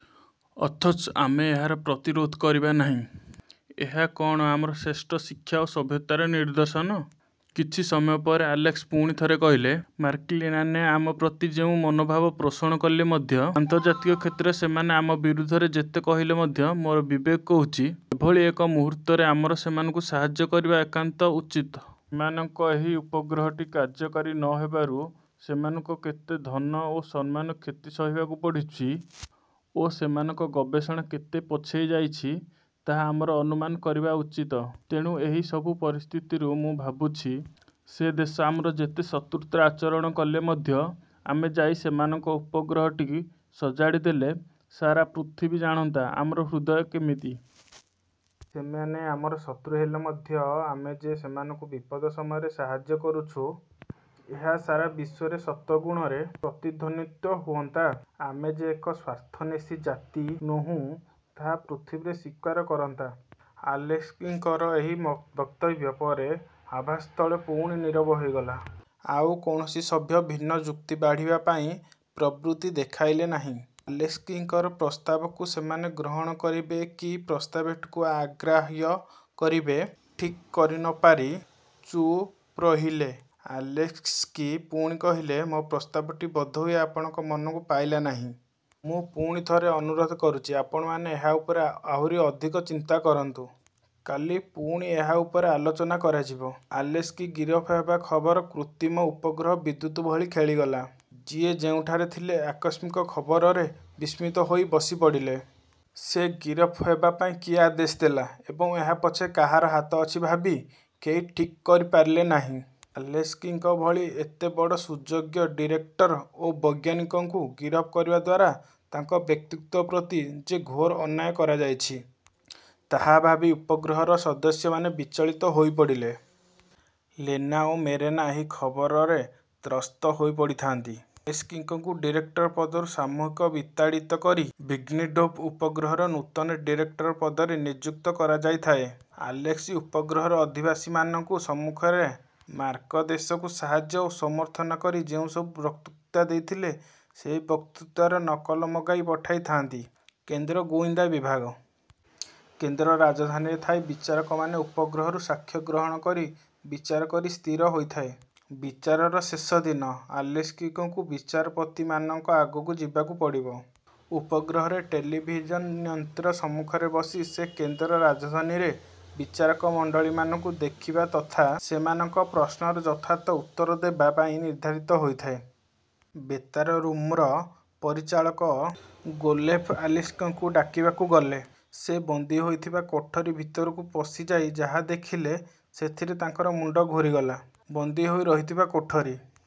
ଅଥଚ ଆମେ ଏହାର ପ୍ରତିରୋଧ କରିବା ନାହିଁ? ଏହା କ'ଣ ଆମର ଶ୍ରେଷ୍ଠ ଶିକ୍ଷା ଓ ସଭ୍ୟତାର ନିଦର୍ଶନ? '' କିଛି ସମୟପରେ ଆଲେସ୍କି ପୁଣି ଥରେ କହିଲେ, ''ମାର୍କିନ୍ମାନେ ଆମପ୍ରତି ଯେଉଁ ମନୋଭାବ ପୋଷଣ କଲେ ମଧ୍ୟ, ଆନ୍ତର୍ଜାତିକ କ୍ଷେତ୍ରରେ ସେମାନେ ଆମ ବିରୁଦ୍ଧରେ ଯେତେ କହିଲେ ମଧ୍ୟ ମୋର ବିବେକ କହୁଛି ଏଭଳି ଏକ ମୁହୂର୍ତ୍ତରେ ଆମର ସେମାନଙ୍କୁ ସାହାଯ୍ୟ କରିବା ଏକାନ୍ତ ଉଚିତ। ସେମାନଙ୍କ ଏହି ଉପଗ୍ରହଟି କାର୍ଯ୍ୟକାରୀ ନ ହେବାରୁ ସେମାନଙ୍କୁ କେତେ ଧନ ଓ ସମ୍ମାନ କ୍ଷତି ସହିବାକୁ ପଡ଼ିଛି ଓ ସେମାନଙ୍କ ଗବେଷଣା କେତେ ପଛେଇ ଯାଉଛି ତାହା ଆମର ଅନୁମାନ କରିବା ଉଚିତ। ତେଣୁ ଏହି ସବୁ ପରିସ୍ଥିତିରୁ ମୁଁ ଭାବୁଛି, ସେ ଦେଶ ଆମର ଯେତେ ଶତ୍ରୁତା ଆଚରଣ କଲେ ମଧ୍ୟ ଆମେ ଯାଇ ସେମାନଙ୍କ ଉପଗ୍ରହଟିକୁ ସଜାଡ଼ିଦେଲେ ସାରା ପୃଥିବୀ ଜାଣନ୍ତା ଆମର ହୃଦୟ କେମିତି? ସେମାନେ ଆମର ଶତ୍ରୁ ହେଲେ ମଧ୍ୟ ଆମେ ଯେ ସେମାନଙ୍କ ବିପଦ ସମୟରେ ସାହାଯ୍ୟ କରିଛୁଁ, ଏହା ସାରା ବିଶ୍ୱରେ ଶତଗୁଣରେ। ପ୍ରତିଧ୍ୱନିତ ହୁଅନ୍ତା। ଆମେ ଯେ ଏକ ସ୍ୱାର୍ଥନ୍ୱେଷୀ ଜାତି ନୋହୁଁ, ତାହା ତ ପୃଥିବୀ ସ୍ୱୀକାର କରନ୍ତା। '' ଆଲେସ୍କିଙ୍କର ଏହି ବକ୍ତବ୍ୟ ପରେ ସଭାସ୍ଥଳ ପୁଣି ନୀରବ ହୋଇଗଲା। ଆଉ କୌଣସି ସଭ୍ୟ ଭିନ୍ନ ଯୁକ୍ତି ବାଢ଼ିବା ପାଇଁ ପ୍ରବୃତ୍ତି ଦେଖାଇଲେ ନାହିଁ। ଆଲେସ୍କିଙ୍କର ପ୍ରସ୍ତାବକୁ ସେମାନେ ଗ୍ରହଣ କରିବେ କି ପ୍ରସ୍ତାବଟିକୁ ଆଗ୍ରାହ୍ୟ କରିବେ, ଠିକ୍ କରି ନ ପାରି ଚୁପ୍ରହିଲେ। ଆଲେସ୍କି ପୁଣି କହିଲେ, ''ମୋ ପ୍ରସ୍ତାବଟି ବୋଧହୁଏ ଆପଣମାନଙ୍କ ମନକୁ ପାଇଲା ନାହିଁ। ମୁଁ ପୁଣି ଥରେ ଅନୁରୋଧ କରୁଛି ଆପଣମାନେ ଏହା ଉପରେ ଆହୁରି ଅଧିକ ଚିନ୍ତା କରନ୍ତୁ-। କାଲି ପୁଣି ଏହା ଉପରେ ଆଲୋଚନା କରାଯିବ। '' ଆଲେସ୍କି ଗିରଫ ହେବା ଖବର କୃତ୍ରିମ ଉପଗ୍ରହରେ ବିଦ୍ୟୁତ୍ ଭଳି ଖେଳିଗଲା। ଯିଏ ଯେଉଁଠାରେ ଥିଲେ ଏହି ଆକସ୍ମିକ ଖବରରେ ବିସ୍ମିତ ହୋଇ ବସିପଡ଼ିଲେ। ସେ ଗିରଫ ହେବା ପାଇଁ କିଏ ଆଦେଶ ଦେଲା ଏବଂ ଏହା ପଛରେ କାହାର ହାତ ଅଛି ଭାବି କେହି ଠିକ୍ କରିପାରିଲେ ନାହିଁ। ଆଲେସ୍କିଙ୍କ ଭଳି ଏତେବଡ଼ ସୁଯୋଗ୍ୟ ଡିରେକ୍ଟର ଓ ବୈଜ୍ଞାନିକଙ୍କୁ ଗିରଫ କରିବା ଦ୍ୱାରା ତାଙ୍କ ବ୍ୟକ୍ତିତ୍ୱ ପ୍ରତି ଯେ ଘୋର ଅନ୍ୟାୟ କରାଯାଇଛି, ତାହା ଭାବି ଉପଗ୍ରହର ସଦସ୍ୟମାନେ ବିଚଳିତ ହୋଇପଡ଼ିଲେ। ଲେନା ଓ ମେରିନା ଏହି ଖବରରେ ତ୍ରସ୍ତ ହୋଇପଡ଼ିଥାନ୍ତି-। ଆଲେସ୍କିଙ୍କୁ ଡିରେକ୍ଟର ପଦରୁ ସାମୟିକ ବିତାଡ଼ିତ କରି ଭିନ୍ଗ୍ରେଡ଼ୋଭ୍ଙ୍କୁ ଉପଗ୍ରହର ନୂତନ ଡିରେକ୍ଟର ପଦରେ ନିଯୁକ୍ତ କରାଯାଇଥାଏ। ଆଲେସ୍କି ଉପଗ୍ରହର ଅଧିବାସୀମାନଙ୍କ ସମ୍ମୁଖରେ ମାର୍କିନ୍ଦେଶକୁ ସାହାଯ୍ୟ ଓ ସମର୍ଥନ କରି ଯେଉଁ ସବୁ ବକ୍ତୃତା ଦେଇଥିଲେ, ସେହି ବକ୍ତୃତାର ନକଲ ମଗାଇ ପଠାଇଥାନ୍ତି କେନ୍ଦ୍ର ଗୋଏନ୍ଦା ବିଭାଗ। କେନ୍ଦ୍ର ରାଜଧାନୀରେ ଥାଇ ବିଚାରକମାନେ ଉପଗ୍ରହରୁ ସାକ୍ଷ୍ୟ ଗ୍ରହଣ କରି ବିଚାର କରି ସ୍ଥିର ହୋଇଥାଏ-। ବିଚାରର ଶେଷ ଦିନ। ଆଲେସ୍କିଙ୍କୁ ବିଚାରପତିମାନଙ୍କ ଆଗକୁ ଯିବାକୁ ପଡ଼ିବ। ଉପଗ୍ରହର ଟେଲିଭିଜନ୍ଯନ୍ତ୍ର ସମ୍ମୁଖରେ ବସି ସେ କେନ୍ଦ୍ର ରାଜଧାନୀର ବିଚାରକମଣ୍ଡଳୀଙ୍କୁ ଦେଖିବା ତଥା ସେମାନଙ୍କ ପ୍ରଶ୍ନର ଯଥାଯଥ ଉତ୍ତର ଦେବା ପାଇଁ ନିର୍ଦ୍ଧାରିତ ହୋଇଥାଏ। ବେତାର ରୁମ୍ର ପରିଚାଳକ ଗୋଲେଭ୍ ଆଲେସ୍କିଙ୍କୁ ଡାକିବାକୁ ଗଲେ। ସେ ବନ୍ଦୀ ହୋଇଥିବା କୋଠରି ଭିତରକୁ ପଶି ଯାହା ଦେଖିଲେ ସେଥିରେ ତାଙ୍କର ମୁଣ୍ଡ ଘୂରିଗଲା। ବନ୍ଦୀ ହୋଇ ରହିଥିବା କୋଠରି